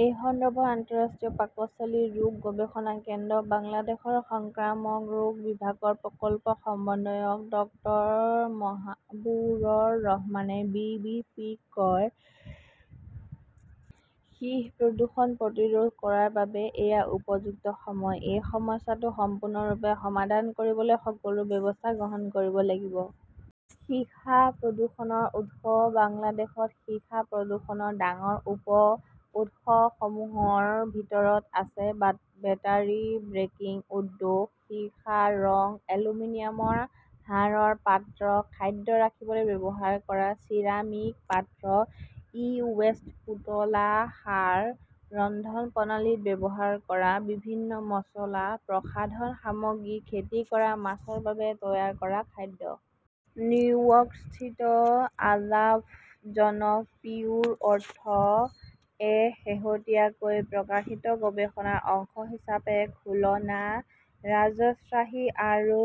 এই সন্দৰ্ভত আন্তঃৰাষ্ট্ৰীয় পাকস্থলীৰ ৰোগ গৱেষণা কেন্দ্ৰ বাংলাদেশৰ সংক্ৰামক ৰোগ বিভাগৰ প্ৰকল্প সমন্বয়ক ড মহাবুবুৰ ৰহমানে বি. বি. চি. -ক কয়, "সীহ প্ৰদূষণ প্ৰতিৰোধ কৰাৰ বাবে এয়া উপযুক্ত সময়। এই সমস্যাটো সম্পূৰ্ণৰূপে সমাধান কৰিবলৈ সকলো ব্যৱস্থা গ্ৰহণ কৰিব লাগিব। "সীসা প্ৰদূষণৰ উৎস বাংলাদেশত সীসা প্ৰদূষণৰ ডাঙৰ উৎসসমূহৰ ভিতৰত আছে বেটাৰী ব্ৰেকিং উদ্যোগ, সীসা ৰং, এলুমিনিয়ামৰ হাড়ৰ পাত্ৰ, খাদ্য ৰাখিবলৈ ব্যৱহাৰ কৰা চিৰামিক পাত্ৰ, ই-ৱেষ্ট, পুতলা, সাৰ, ৰন্ধন প্ৰণালীত ব্যৱহাৰ কৰা বিভিন্ন মছলা, প্ৰসাধন সামগ্ৰী, খেতি কৰা মাছৰ বাবে তৈয়াৰ কৰা খাদ্য। নিউয়ৰ্কস্থিত অলাভজনক "পিউৰ আৰ্থ"-এ শেহতীয়াকৈ প্ৰকাশিত গৱেষণাৰ অংশ হিচাপে খুলনা, ৰাজশ্বাহী আৰু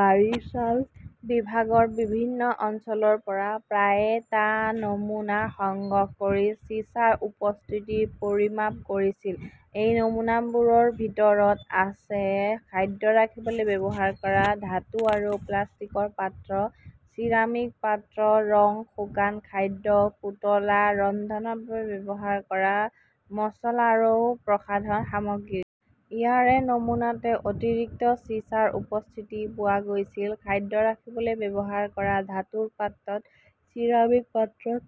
বাৰিছাল বিভাগৰ বিভিন্ন অঞ্চলৰ পৰা প্ৰায় টা নমুনা সংগ্ৰহ কৰি চিছাৰ উপস্থিতি পৰিমাপ কৰিছিল। এই নমুনাবোৰৰ ভিতৰত আছে খাদ্য ৰাখিবলৈ ব্যৱহাৰ কৰা ধাতু আৰু প্লাষ্টিকৰ পাত্ৰ, চিৰামিক পাত্ৰ, ৰং, শুকান খাদ্য, পুতলা, ৰন্ধনৰ বাবে ব্যৱহাৰ কৰা মচলা আৰু প্ৰসাধন সামগ্ৰী। ইয়াৰে নমুনাতে অতিৰিক্ত চিছাৰ উপস্থিতি পোৱা গৈছিল। খাদ্য ৰাখিবলৈ ব্যৱহাৰ কৰা ধাতুৰ পাত্ৰত, চিৰামিক পাত্ৰত,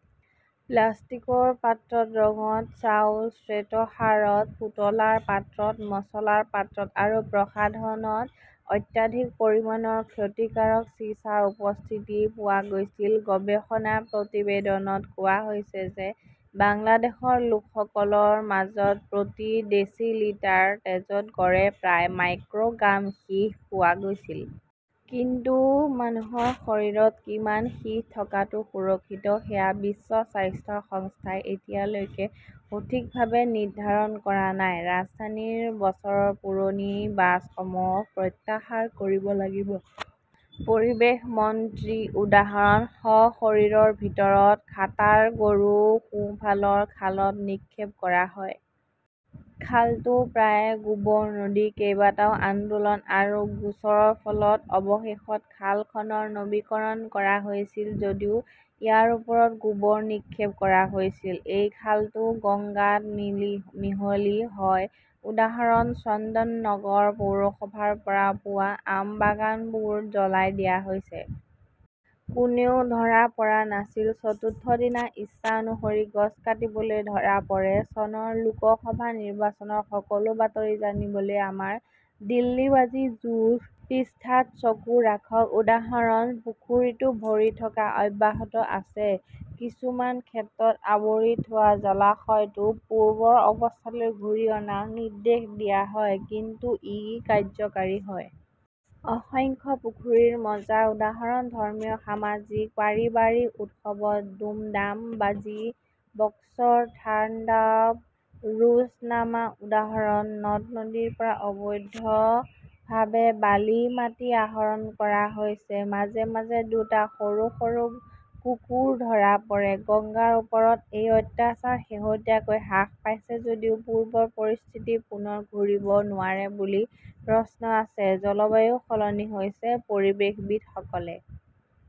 প্লাষ্টিকৰ পাত্ৰত, ৰঙত, চাউল/শ্বেতসাৰত, পুতলাৰ পাত্ৰত, মচলাৰ পাত্ৰত আৰু প্ৰসাধনত অত্যাধিক পৰিমাণৰ ক্ষতিকাৰক চিছাৰ উপস্থিতি পোৱা গৈছিল। গৱেষণা প্ৰতিবেদনত কোৱা হৈছে যে বাংলাদেশৰ লোকসকলৰ মাজত প্ৰতি ডেচিলিটাৰ তেজত গড়ে প্ৰায় মাইক্ৰ "গ্ৰাম সীহ পোৱা গৈছিল। কিন্তু মানুহৰ শৰীৰত কিমান সীহ থকাটো সুৰক্ষিত সেয়া বিশ্ব স্বাস্থ্য সংস্থাই এতিয়ালৈকে সঠিকভাৱে নিৰ্ধাৰণ কৰা নাই। ৰাজধানীৰ বছৰ পুৰণি বাছসমূহ প্ৰত্যাহাৰ কৰিব লাগিবঃ পৰিৱেশ মন্ত্ৰী উদাহৰণ: শ শৰীৰৰ ভিতৰত খাটাৰ গৰু সোঁফালৰ খালত নিক্ষেপ কৰা হয়। খালটো প্ৰায় গোবৰ নদী। কেইবাটাও আন্দোলন আৰু গোচৰৰ ফলত অৱশেষত খালখনৰ নৱীকৰণ কৰা হৈছিল যদিও ইয়াৰ ওপৰত গোবৰ নিক্ষেপ কৰা হৈছিল। এই খালটো গঙ্গাত মিহলি হয়। উদাহৰণ: চন্দননগৰ পৌৰসভাৰ পৰা পোৱা আমবাগানবোৰ জ্বলাই দিয়া হৈছে। কোনেও ধৰা পৰা নাছিল। চতুৰ্থ দিনা ইচ্ছা অনুসৰি গছ কাটিবলৈ ধৰা পৰে। চনৰ লোকসভা নিৰ্বাচনৰ সকলো বাতৰি জানিবলৈ আমাৰ 'দিল্লীবাদী যুঁজ "পৃষ্ঠাত চকু ৰাখক। উদাহৰণ: পুখুৰীটো ভৰি থকা অব্যাহত আছে। কিছুমান ক্ষেত্ৰত, আৱৰি থোৱা জলাশয়টো পূৰ্বৰ অৱস্থালৈ ঘূৰাই অনাৰ নিৰ্দেশ দিয়া হয়, কিন্তু ই কাৰ্যকৰী হয়! অসংখ্য পুখুৰীৰ মজা। উদাহৰণ: ধৰ্মীয়, সামাজিক, পাৰিবাৰিক উৎসৱত দুমদাম বাজি, বক্সৰ থান্ডাব ৰোজনামা! উদাহৰণ: নদী-নদীৰ পৰা অবৈধভাৱে বালি, মাটি আহৰণ কৰা হৈছে। মাজে মাজে দুটা সৰু সৰু কুকুৰ ধৰা পৰে। গংগাৰ ওপৰত এই অত্যাচাৰ শেহতীয়াকৈ হ্ৰাস পাইছে যদিও পূৰ্বৰ পৰিস্থিতি পুনৰ ঘূৰিব নোৱাৰে বুলি প্ৰশ্ন আছে। জলবায়ু সলনি হৈছে! পৰিৱেশবিদসকলে